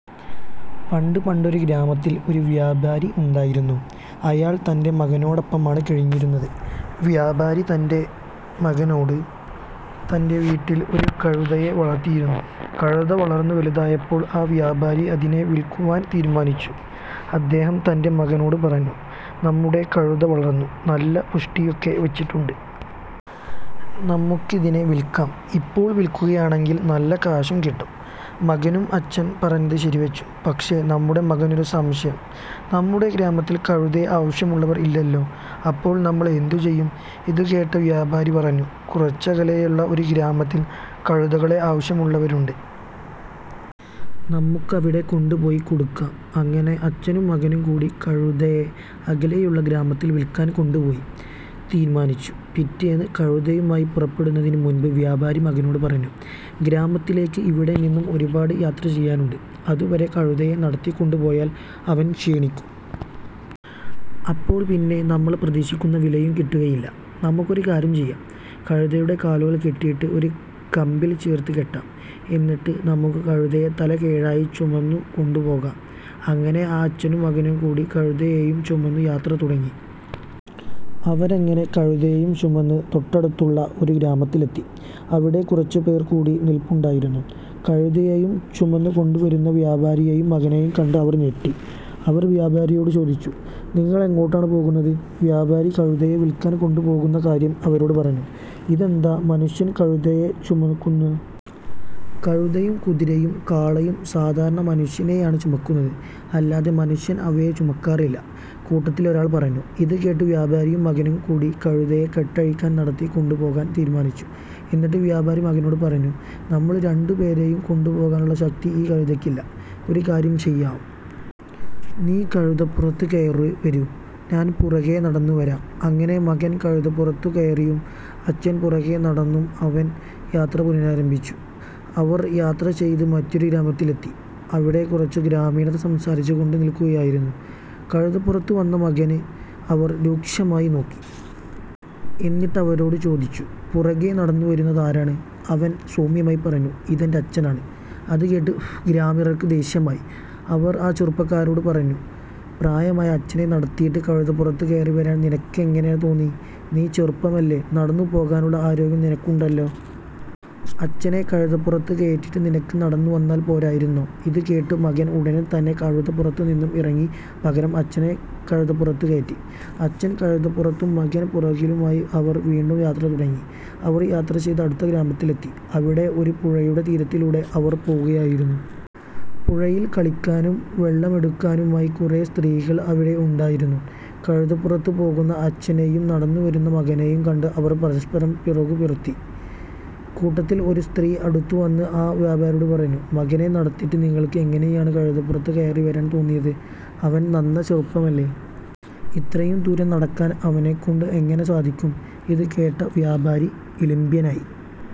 പണ്ട് പണ്ടൊരു ഗ്രാമത്തിൽ ഒരു വ്യാപാരി ഉണ്ടായിരുന്നു. അയാൾ തൻ്റെ മകനോടൊപ്പമാണ് കഴിഞ്ഞിരുന്നത്. വ്യാപാരി തൻ്റെ വീട്ടിൽ ഒരു കഴുതയെ വളർത്തിയിരുന്നു. കഴുത വളർന്നു വലുതായപ്പോൾ ആ വ്യാപാരി അതിനെ വിൽക്കുവാൻ തീരുമാനിച്ചു. അദ്ദേഹം തൻ്റെ മകനോട് പറഞ്ഞു "നമ്മുടെ കഴുത വളർന്നു നല്ല പുഷ്ടിയൊക്കെ വച്ചിട്ടുണ്ട്. നമുക്കതിനെ വിൽക്കാം. ഇപ്പോൾ വിൽക്കുകയാണെങ്കിൽ നല്ല കാശും കിട്ടും. " മകനും അച്ഛൻ പറഞ്ഞത് ശരിവച്ചു. പക്ഷേ അപ്പോൾ മകനൊരു സംശയം "നമ്മുടെ ഗ്രാമത്തിൽ കഴുതയെ ആവശ്യമുള്ളവർ ഇല്ലല്ലോ. അപ്പോൾ നമ്മൾ എന്ത് ചെയ്യും? ഇതുകേട്ട വ്യാപാരി പറഞ്ഞു "കുറച്ചകലെയുള്ള ഒരു ഗ്രാമത്തിൽ കഴുതകളെ ആവശ്യമുള്ളവരുണ്ട്. നമുക്ക് അവിടെ കൊണ്ടുപോയി കൊടുക്കാം. " അങ്ങനെ അച്ഛനും മകനും കൂടി കഴുതയെ അകലെയുള്ള ഗ്രാമത്തിൽ വിൽക്കാൻ കൊണ്ടുപോകാൻ തീരുമാനിച്ചു. പിറ്റേന്ന് കഴുതയുമായി പുറപ്പെടുന്നതിനു മുൻപ് വ്യാപാരി മകനോട് പറഞ്ഞു. "ഗ്രാമത്തിലേക്ക് ഇവിടെ നിന്നും ഒരുപാട് യാത്ര ചെയ്യാനുണ്ട്. അതുവരെ കഴുതയെ നടത്തിക്കൊണ്ട് പോയാൽ അവൻ ക്ഷീണിക്കും. അപ്പോൾ പിന്നെ നമ്മൾ പ്രതീക്ഷിക്കുന്ന വിലയും കിട്ടുകയില്ല. നമുക്കൊരു കാര്യം ചെയ്യാം. കഴുതയുടെ കാലുകൾ കെട്ടിയിട്ട് ഒരു കമ്പിൽ ചേർത്ത് കെട്ടാം. എന്നിട്ട് നമുക്ക് കഴുതയെ തലകീഴായി ചുമന്നു കൊണ്ടു പോകാം. " അങ്ങനെ ആ അച്ഛനും മകനും കൂടി കഴുതയെയും ചുമന്നു യാത്ര തുടങ്ങി. അവരങ്ങനെ കഴുതയെയും ചുമന്ന് തൊട്ടടുത്തുള്ള ഒരു ഗ്രാമത്തിലെത്തി. അവിടെ കുറച്ചുപേർ കൂടി നിൽപ്പുണ്ടായിരുന്നു. കഴുതയെയും ചുമന്നു കൊണ്ടുവരുന്ന വ്യാപാരിയെയും മകനെയും കണ്ട് അവർ ഞെട്ടി. അവർ വ്യാപാരിയോട് ചോദിച്ചു. "നിങ്ങളെങ്ങോട്ടാണ് പോകുന്നത്? " വ്യാപാരി കഴുതയെ വിൽക്കാൻ കൊണ്ടുപോകുന്ന കാര്യം അവരോട് പറഞ്ഞു. "ഇതെന്താ, മനുഷ്യൻ കഴുതയെ ചുമക്കുന്നോ? കഴുതയും കുതിരയും കാളയും സാധാരണ മനുഷ്യനെയാണ് ചുമക്കുന്നത്. അല്ലാതെ മനുഷ്യൻ അവയെ ചുമക്കാറില്ല. " കൂട്ടത്തിലൊരാൾ പറഞ്ഞു. ഇതുകേട്ട വ്യാപാരിയും മകനും കൂടി കഴുതയുടെ കെട്ടഴിച്ചു നടത്തിക്കൊണ്ടു പോകാൻ തീരുമാനിച്ചു. എന്നിട്ട് വ്യാപാരി മകനോട് പറഞ്ഞു "നമ്മൾ രണ്ടുപേരെയും കൊണ്ടുപോകാനുള്ള ശക്തി ഈ കഴുതയ്ക്കില്ല. ഒരു കാര്യം ചെയ്യാം. നീ കഴുതപ്പുറത്തു കയറിവരൂ. ഞാൻ പുറകെ നടന്നു വരാം. " അങ്ങനെ മകൻ കഴുതപ്പുറത്തു കയറിയും അച്ഛൻ പുറകെ നടന്നും അവർ യാത്ര പുനരാരംഭിച്ചു. അവർ യാത്രചെയ്ത് മറ്റൊരു ഗ്രാമത്തിലെത്തി. അവിടെ കുറച്ച് ഗ്രാമീണർ സംസാരിച്ചുകൊണ്ട് നിൽക്കുകയായിരുന്നു. കഴുതപ്പുറത്ത് വന്ന മകനെ അവർ രൂക്ഷമായി നോക്കി. എന്നിട്ടവനോട് ചോദിച്ചു. "പുറകെ നടന്നുവരുന്നത് ആരാണ്? " അവൻ സൗമ്യമായി പറഞ്ഞു "അതെൻ്റെ അച്ഛനാണ്. " ഇതുകേട്ട ഗ്രാമീണർക്ക് ദേഷ്യമായി. അവർ ആ ചെറുപ്പക്കാരനോട് പറഞ്ഞു. "പ്രായമായ അച്ഛനെ നടത്തിയിട്ട് കഴുതപ്പുറത്തു കയറിവരാൻ നിനക്കെങ്ങനെ തോന്നി? നീ ചെറുപ്പമല്ലേ നടന്നു പോകാനുള്ള ആരോഗ്യം നിനക്ക് ഉണ്ടല്ലോ? അച്ഛനെ കഴുതപ്പുറത്തു കയറ്റിയിട്ട് നിനക്ക് നടന്നു വന്നാൽ പോരായിരുന്നോ? " ഇതുകേട്ട മകൻ ഉടൻതന്നെ കഴുത പുറത്തു നിന്നും ഇറങ്ങി. പകരം അച്ഛനെ കഴുതപ്പുറത്തു കയറ്റി. അച്ഛൻ കഴുതപ്പുറത്തും മകൻ പുറകിലുമായി അവർ വീണ്ടും യാത്ര തുടങ്ങി. അവർ യാത്രചെയ്ത് അടുത്ത ഗ്രാമത്തിലെത്തി. അവിടെ ഒരു പുഴയുടെ തീരത്തിലൂടെ അവർ പോവുകയായിരുന്നു. പുഴയിൽ കുളിക്കാനും വെള്ളമെടുക്കാനുമായി കുറേ സ്ത്രീകൾ അവിടെ ഉണ്ടായിരുന്നു. കഴുതപ്പുറത്ത് പോകുന്ന അച്ഛനെയും നടന്നുവരുന്ന മകനെയും കണ്ട് അവർ പരസ്പരം പിറുപിറുത്തു. കൂട്ടത്തിൽ ഒരു സ്ത്രീ അടുത്തുവന്ന് ആ വ്യാപാരിയോട് പറഞ്ഞു. "മകനെ നടത്തിയിട്ട് നിങ്ങൾക്ക് എങ്ങനെയാണ് കഴുതപ്പുറത്തു കയറിവരാൻ തോന്നിയത്? അവൻ നന്നേ ചെറുപ്പമല്ലേ. ഇത്രയും ദൂരം നടക്കാൻ അവനെക്കൊണ്ട് എങ്ങനെ സാധിക്കും? " ഇതുകേട്ട വ്യാപാരി ഇളിഭ്യനായി.